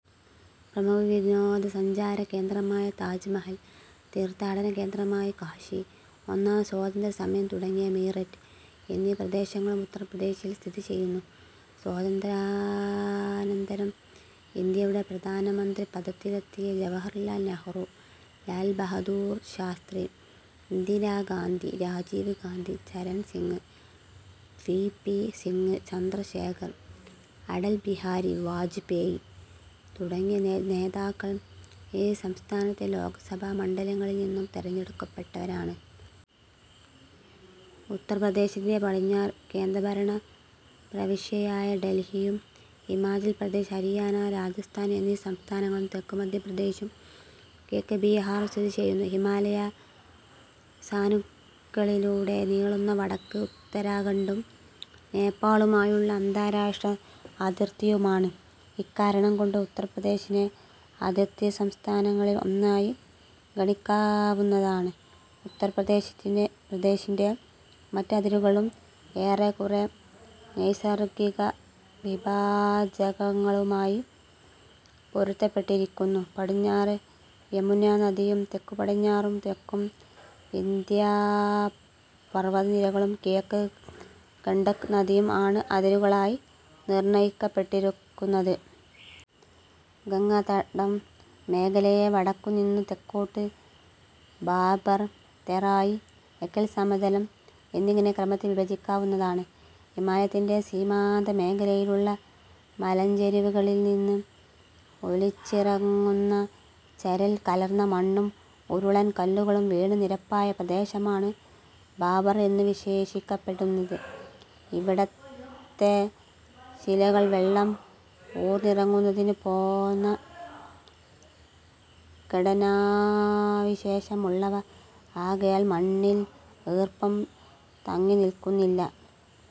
പ്രമുഖ വിനോദസഞ്ചാരകേന്ദ്രമായ താജ് മഹൽ, തീർത്ഥാടനകേന്ദ്രമായ കാശി, ഒന്നാം സ്വാതന്ത്ര്യസമരം തുടങ്ങിയ മീററ്റ് എന്നീ പ്രദേശങ്ങളും ഉത്തർപ്രദേശിൽ സ്ഥിതിചെയ്യുന്നു. സ്വാതന്ത്ര്യാനന്തരം ഇന്ത്യയുടെ പ്രധാനമന്ത്രിപദത്തിലെത്തിയ Jawaharlal Nehru, Lal Bahadur Shastri, Indira Gandhi, Rajiv Gandhi, Charan Singh, V. P. Singh, Chandrashekhar, Atal Bihari Vajpayee തുടങ്ങിയ നേതാക്കൾ ഈ സംസ്ഥാനത്തെ ലോക്സഭാ മണ്ഡലങ്ങളിൽ നിന്നും തിരഞ്ഞെടുക്കപ്പെട്ടവരാണ്. ഉത്തർപ്രദേശിന്റെ പടിഞ്ഞാറ്, കേന്ദ്രഭരണപ്രവിശ്യയായ ഡൽഹിയും ഹിമാചൽപ്രദേശ്, ഹരിയാന, രാജസ്ഥാൻ എന്നീ സംസ്ഥാനങ്ങളും തെക്ക് മധ്യപ്രദേശും കിഴക്ക് ബീഹാറും സ്ഥിതിചെയ്യുന്നു. ഹിമാലയസാനുക്കളിലൂടെ നീളുന്ന വടക്ക് ഉത്തരാഖണ്ഡും, നേപ്പാളുമായുള്ള അന്താരാഷ്ട്ര അതിർത്തിയുമാണ്. ഇക്കാരണംകൊണ്ട് ഉത്തർപ്രദേശിനെ അതിർത്തിസംസ്ഥാനങ്ങളിൽ ഒന്നായി ഗണിക്കാവുന്നതാണ്. ഉത്തർപ്രദേശിന്റെ മറ്റ് അതിരുകളും ഏറെക്കുറെ നൈസർഗിക വിഭാജകങ്ങളുമായി പൊരുത്തപ്പെട്ടിരിക്കുന്നു; പടിഞ്ഞാറ് യമുനാനദിയും തെക്കുപടിഞ്ഞാറും തെക്കും വിന്ധ്യാപർവതനിരകളും കിഴക്ക് ഗണ്ഡക് നദിയും ആണ് അതിരുകളായി നിർണയിക്കപ്പെട്ടിരിക്കുന്നത്. ഗംഗാതടം മേഖലയെ വടക്കുനിന്നു തെക്കോട്ട് ഭാഭർ, തെറായ്, എക്കൽസമതലം എന്നിങ്ങനെ ക്രമത്തിൽ വിഭജിക്കാവുന്നതാണ്. ഹിമാലയത്തിന്റെ സീമാന്ത മേഖലയിലുള്ള മലഞ്ചരിവുകളിൽ നിന്ന് ഒലിച്ചിറങ്ങുന്ന ചരൽ കലർന്ന മണ്ണും ഉരുളൻ കല്ലുകളും വീണ് നിരപ്പായ പ്രദേശമാണ് ഭാഭർ എന്നു വിശേഷിപ്പിക്കപ്പെടുന്നത്. ഇവിടത്തെ ശിലകൾ വെള്ളം ഊർന്നിറങ്ങുന്നതിനു പോന്ന ഘടനാവിശേഷം ഉള്ളവ ആകയാൽ മണ്ണിൽ ഈർപ്പം തങ്ങിനിൽക്കുന്നില്ല.